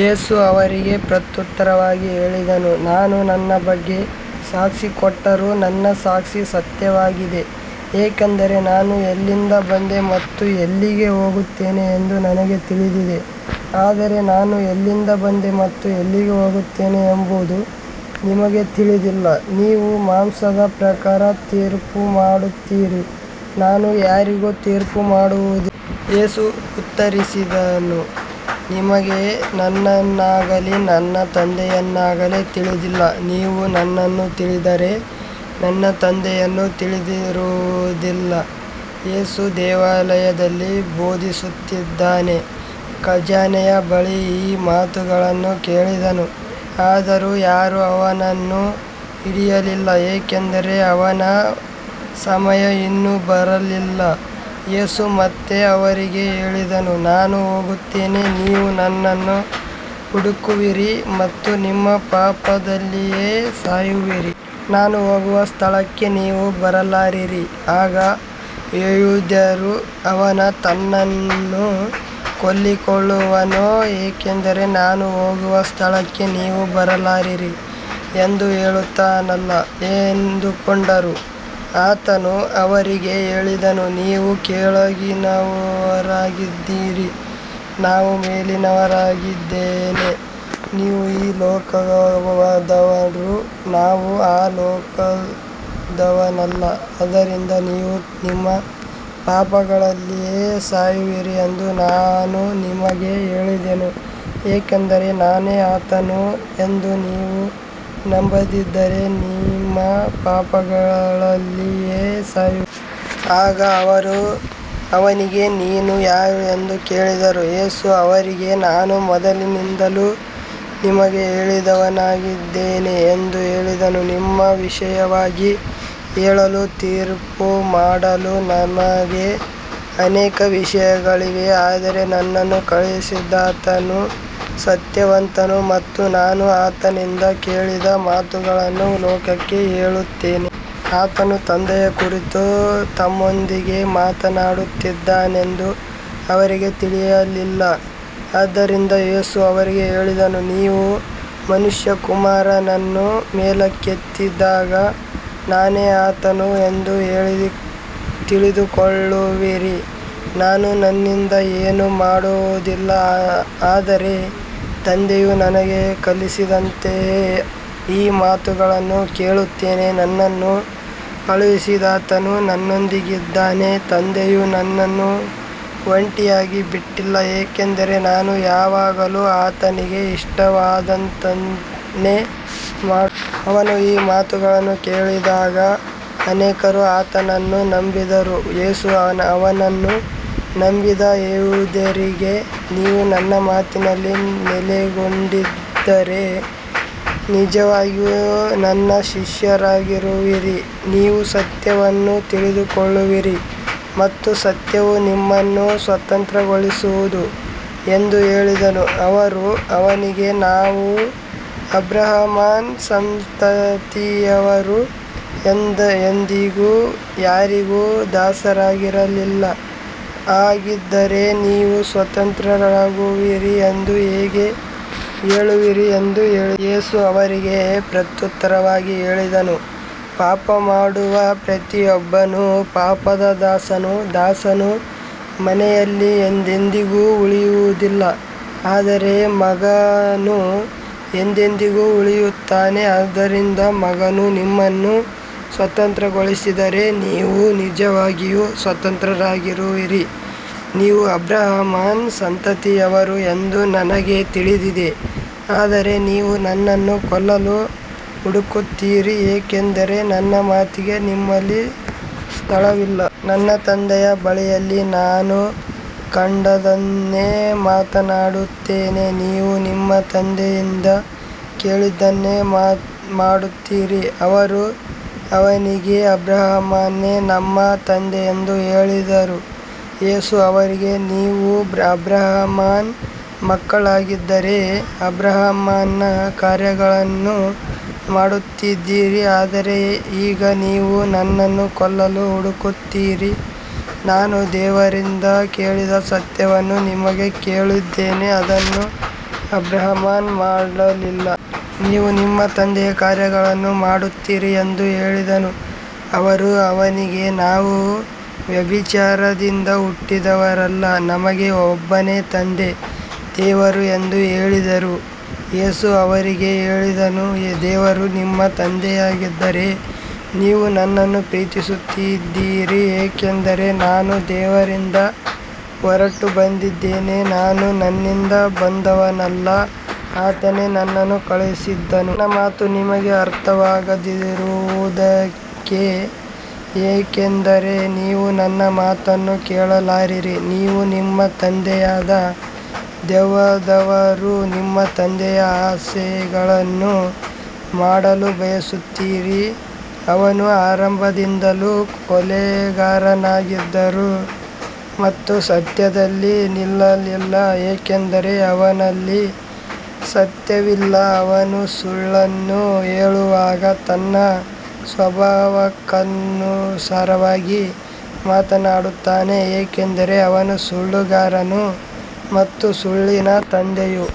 ಯೇಸು ಅವರಿಗೆ ಪ್ರತ್ಯುತ್ತರವಾಗಿ ಹೇಳಿದನು, ನಾನು ನನ್ನ ಬಗ್ಗೆ ಸಾಕ್ಷಿ ಕೊಟ್ಟರೂ ನನ್ನ ಸಾಕ್ಷಿ ಸತ್ಯವಾಗಿದೆ, ಏಕೆಂದರೆ ನಾನು ಎಲ್ಲಿಂದ ಬಂದೆ ಮತ್ತು ಎಲ್ಲಿಗೆ ಹೋಗುತ್ತೇನೆ ಎಂದು ನನಗೆ ತಿಳಿದಿದೆ, ಆದರೆ ನಾನು ಎಲ್ಲಿಂದ ಬಂದೆ ಮತ್ತು ಎಲ್ಲಿಗೆ ಹೋಗುತ್ತೇನೆ ಎಂಬುದು ನಿಮಗೆ ತಿಳಿದಿಲ್ಲ. ನೀವು ಮಾಂಸದ ಪ್ರಕಾರ ತೀರ್ಪುಮಾಡುತ್ತೀರಿ, ನಾನು ಯಾರಿಗೂ ತೀರ್ಪುಮಾಡುವುದಿಲ್ಲ. ಯೇಸು ಉತ್ತರಿಸಿದನು, ನಿಮಗೆ ನನ್ನನ್ನಾಗಲಿ ನನ್ನ ತಂದೆಯನ್ನಾಗಲಿ ತಿಳಿದಿಲ್ಲ. ನೀವು ನನ್ನನ್ನು ತಿಳಿದಿದ್ದರೆ ನನ್ನ ತಂದೆಯನ್ನೂ ತಿಳಿದಿರುತ್ತಿದ್ದಿರಿ. ಯೇಸು ದೇವಾಲಯದಲ್ಲಿ ಬೋಧಿಸುತ್ತಿದ್ದಾಗ ಖಜಾನೆಯ ಬಳಿ ಈ ಮಾತುಗಳನ್ನು ಹೇಳಿದನು, ಆದರೂ ಯಾರೂ ಅವನನ್ನು ಹಿಡಿಯಲಿಲ್ಲ, ಏಕೆಂದರೆ ಅವನ ಸಮಯ ಇನ್ನೂ ಬಂದಿರಲಿಲ್ಲ. ಯೇಸು ಮತ್ತೆ ಅವರಿಗೆ ಹೇಳಿದನು, ನಾನು ಹೋಗುತ್ತೇನೆ, ನೀವು ನನ್ನನ್ನು ಹುಡುಕುವಿರಿ ಮತ್ತು ನಿಮ್ಮ ಪಾಪದಲ್ಲಿಯೇ ಸಾಯುವಿರಿ. ನಾನು ಹೋಗುವ ಸ್ಥಳಕ್ಕೆ ನೀವು ಬರಲಾರಿರಿ. ಆಗ ಯೆಹೂದ್ಯರು, ಅವನು ತನ್ನನ್ನು ಕೊಲ್ಲಿಕೊಳ್ಳುವನೋ, ಏಕೆಂದರೆ ನಾನು ಹೋಗುವ ಸ್ಥಳಕ್ಕೆ ನೀವು ಬರಲಾರಿರಿ ಎಂದು ಹೇಳುತ್ತಾನಲ್ಲ ಎಂದುಕೊಂಡರು. ಆತನು ಅವರಿಗೆ ಹೇಳಿದನು, ನೀವು ಕೆಳಗಿನವರಾಗಿದ್ದೀರಿ, ನಾನು ಮೇಲಿನವನಾಗಿದ್ದೇನೆ. ನೀವು ಈ ಲೋಕದವರು, ನಾನು ಈ ಲೋಕದವನಲ್ಲ. ಆದ್ದರಿಂದ ನೀವು ನಿಮ್ಮ ಪಾಪಗಳಲ್ಲಿಯೇ ಸಾಯುವಿರಿ ಎಂದು ನಾನು ನಿಮಗೆ ಹೇಳಿದೆನು, ಏಕೆಂದರೆ ನಾನೇ ಆತನು ಎಂದು ನೀವು ನಂಬದಿದ್ದರೆ ನಿಮ್ಮ ಪಾಪಗಳಲ್ಲಿಯೇ ಸಾಯುವಿರಿ. ಆಗ ಅವರು ಅವನಿಗೆ, ನೀನು ಯಾರು ಎಂದು ಕೇಳಿದರು. ಯೇಸು ಅವರಿಗೆ, ನಾನು ಮೊದಲಿನಿಂದಲೂ ನಿಮಗೆ ಹೇಳಿದವನಾಗಿದ್ದೇನೆ ಎಂದು ಹೇಳಿದನು. ನಿಮ್ಮ ವಿಷಯವಾಗಿ ಹೇಳಲೂ ತೀರ್ಪುಮಾಡಲೂ ನನಗೆ ಅನೇಕ ವಿಷಯಗಳಿವೆ, ಆದರೆ ನನ್ನನ್ನು ಕಳುಹಿಸಿದಾತನು ಸತ್ಯವಂತನು ಮತ್ತು ನಾನು ಆತನಿಂದ ಕೇಳಿದ ಮಾತುಗಳನ್ನು ಲೋಕಕ್ಕೆ ಹೇಳುತ್ತೇನೆ. ಆತನು ತಂದೆಯ ಕುರಿತು ತಮ್ಮೊಂದಿಗೆ ಮಾತನಾಡುತ್ತಿದ್ದಾನೆಂದು ಅವರಿಗೆ ತಿಳಿಯಲಿಲ್ಲ. ಆದ್ದರಿಂದ ಯೇಸು ಅವರಿಗೆ ಹೇಳಿದನು, ನೀವು ಮನುಷ್ಯಕುಮಾರನನ್ನು ಮೇಲಕ್ಕೆತ್ತಿದಾಗ ನಾನೇ ಆತನು ಎಂದು ತಿಳಿದುಕೊಳ್ಳುವಿರಿ. ನಾನು ನನ್ನಿಂದ ಏನೂ ಮಾಡುವುದಿಲ್ಲ, ಆದರೆ ತಂದೆಯು ನನಗೆ ಕಲಿಸಿದಂತೆಯೇ ಈ ಮಾತುಗಳನ್ನು ಹೇಳುತ್ತೇನೆ. ನನ್ನನ್ನು ಕಳುಹಿಸಿದಾತನು ನನ್ನೊಂದಿಗಿದ್ದಾನೆ. ತಂದೆಯು ನನ್ನನ್ನು ಒಂಟಿಯಾಗಿ ಬಿಟ್ಟಿಲ್ಲ, ಏಕೆಂದರೆ ನಾನು ಯಾವಾಗಲೂ ಆತನಿಗೆ ಇಷ್ಟವಾದದ್ದನ್ನೇ ಮಾಡುತ್ತೇನೆ. ಅವನು ಈ ಮಾತುಗಳನ್ನು ಹೇಳಿದಾಗ ಅನೇಕರು ಆತನನ್ನು ನಂಬಿದರು. ಯೇಸು ಅವನನ್ನು ನಂಬಿದ ಯೆಹೂದ್ಯರಿಗೆ, ನೀವು ನನ್ನ ಮಾತಿನಲ್ಲಿ ನೆಲೆಗೊಂಡಿದ್ದರೆ ನಿಜವಾಗಿಯೂ ನನ್ನ ಶಿಷ್ಯರಾಗಿರುವಿರಿ, ನೀವು ಸತ್ಯವನ್ನು ತಿಳಿದುಕೊಳ್ಳುವಿರಿ ಮತ್ತು ಸತ್ಯವು ನಿಮ್ಮನ್ನು ಸ್ವತಂತ್ರಗೊಳಿಸುವುದು ಎಂದು ಹೇಳಿದನು. ಅವರು ಅವನಿಗೆ, ನಾವು ಅಬ್ರಹಾಮನ ಸಂತತಿಯವರು, ಎಂದಿಗೂ ಯಾರಿಗೂ ದಾಸರಾಗಿರಲಿಲ್ಲ, ಹಾಗಿದ್ದರೆ ನೀವು ಸ್ವತಂತ್ರರಾಗುವಿರಿ ಎಂದು ಹೇಗೆ ಹೇಳುತ್ತೀರಿ ಎಂದು ಕೇಳಿದರು. ಯೇಸು ಅವರಿಗೆ ಪ್ರತ್ಯುತ್ತರವಾಗಿ ಹೇಳಿದನು, ಪಾಪಮಾಡುವ ಪ್ರತಿಯೊಬ್ಬನು ಪಾಪದ ದಾಸನು. ದಾಸನು ಮನೆಯಲ್ಲಿ ಎಂದೆಂದಿಗೂ ಉಳಿಯುವುದಿಲ್ಲ, ಆದರೆ ಮಗನು ಎಂದೆಂದಿಗೂ ಉಳಿಯುತ್ತಾನೆ. ಆದ್ದರಿಂದ ಮಗನು ನಿಮ್ಮನ್ನು ಸ್ವತಂತ್ರಗೊಳಿಸಿದರೆ ನೀವು ನಿಜವಾಗಿಯೂ ಸ್ವತಂತ್ರರಾಗಿರುವಿರಿ. ನೀವು ಅಬ್ರಹಾಮನ ಸಂತತಿಯವರು ಎಂದು ನನಗೆ ತಿಳಿದಿದೆ, ಆದರೆ ನೀವು ನನ್ನನ್ನು ಕೊಲ್ಲಲು ಹುಡುಕುತ್ತೀರಿ, ಏಕೆಂದರೆ ನನ್ನ ಮಾತಿಗೆ ನಿಮ್ಮಲ್ಲಿ ಸ್ಥಳವಿಲ್ಲ. ನನ್ನ ತಂದೆಯ ಬಳಿಯಲ್ಲಿ ನಾನು ಕಂಡದ್ದನ್ನೇ ಮಾತನಾಡುತ್ತೇನೆ, ನೀವು ನಿಮ್ಮ ತಂದೆಯಿಂದ ಕೇಳಿದ್ದನ್ನೇ ಮಾಡುತ್ತೀರಿ. ಅವರು ಅವನಿಗೆ, ಅಬ್ರಹಾಮನೇ ನಮ್ಮ ತಂದೆ ಎಂದು ಹೇಳಿದರು. ಯೇಸು ಅವರಿಗೆ, ನೀವು ಅಬ್ರಹಾಮನ ಮಕ್ಕಳಾಗಿದ್ದರೆ ಅಬ್ರಹಾಮನ ಕಾರ್ಯಗಳನ್ನು ಮಾಡುತ್ತಿದ್ದಿರಿ. ಆದರೆ ಈಗ ನೀವು ನನ್ನನ್ನು ಕೊಲ್ಲಲು ಹುಡುಕುತ್ತೀರಿ. ನಾನು ದೇವರಿಂದ ಕೇಳಿದ ಸತ್ಯವನ್ನು ನಿಮಗೆ ಹೇಳಿದ್ದೇನೆ, ಅದನ್ನು ಅಬ್ರಹಾಮನು ಮಾಡಲಿಲ್ಲ. ನೀವು ನಿಮ್ಮ ತಂದೆಯ ಕಾರ್ಯಗಳನ್ನು ಮಾಡುತ್ತೀರಿ ಎಂದು ಹೇಳಿದನು. ಅವರು ಅವನಿಗೆ, ನಾವು ವ್ಯಭಿಚಾರದಿಂದ ಹುಟ್ಟಿದವರಲ್ಲ, ನಮಗೆ ಒಬ್ಬನೇ ತಂದೆ, ದೇವರು ಎಂದು ಹೇಳಿದರು. ಯೇಸು ಅವರಿಗೆ ಹೇಳಿದನು, ದೇವರು ನಿಮ್ಮ ತಂದೆಯಾಗಿದ್ದರೆ ನೀವು ನನ್ನನ್ನು ಪ್ರೀತಿಸುತ್ತಿದ್ದಿರಿ, ಏಕೆಂದರೆ ನಾನು ದೇವರಿಂದ ಹೊರಟು ಬಂದಿದ್ದೇನೆ. ನಾನು ನನ್ನಿಂದ ಬಂದವನಲ್ಲ, ಆತನೇ ನನ್ನನ್ನು ಕಳುಹಿಸಿದನು. ನನ್ನ ಮಾತು ನಿಮಗೆ ಅರ್ಥವಾಗದಿರುವುದೇಕೆ, ಏಕೆಂದರೆ ನೀವು ನನ್ನ ಮಾತನ್ನು ಕೇಳಲಾರಿರಿ. ನೀವು ನಿಮ್ಮ ತಂದೆಯಾದ ದೆವ್ವದವರು, ನಿಮ್ಮ ತಂದೆಯ ಆಸೆಗಳನ್ನು ಮಾಡಲು ಬಯಸುತ್ತೀರಿ. ಅವನು ಆರಂಭದಿಂದಲೂ ಕೊಲೆಗಾರನಾಗಿದ್ದನು ಮತ್ತು ಸತ್ಯದಲ್ಲಿ ನಿಲ್ಲಲಿಲ್ಲ, ಏಕೆಂದರೆ ಅವನಲ್ಲಿ ಸತ್ಯವಿಲ್ಲ. ಅವನು ಸುಳ್ಳನ್ನು ಹೇಳುವಾಗ ತನ್ನ ಸ್ವಭಾವಕ್ಕನುಸಾರವಾಗಿ ಮಾತನಾಡುತ್ತಾನೆ, ಏಕೆಂದರೆ ಅವನು ಸುಳ್ಳುಗಾರನು ಮತ್ತು ಸುಳ್ಳಿನ ತಂದೆಯು.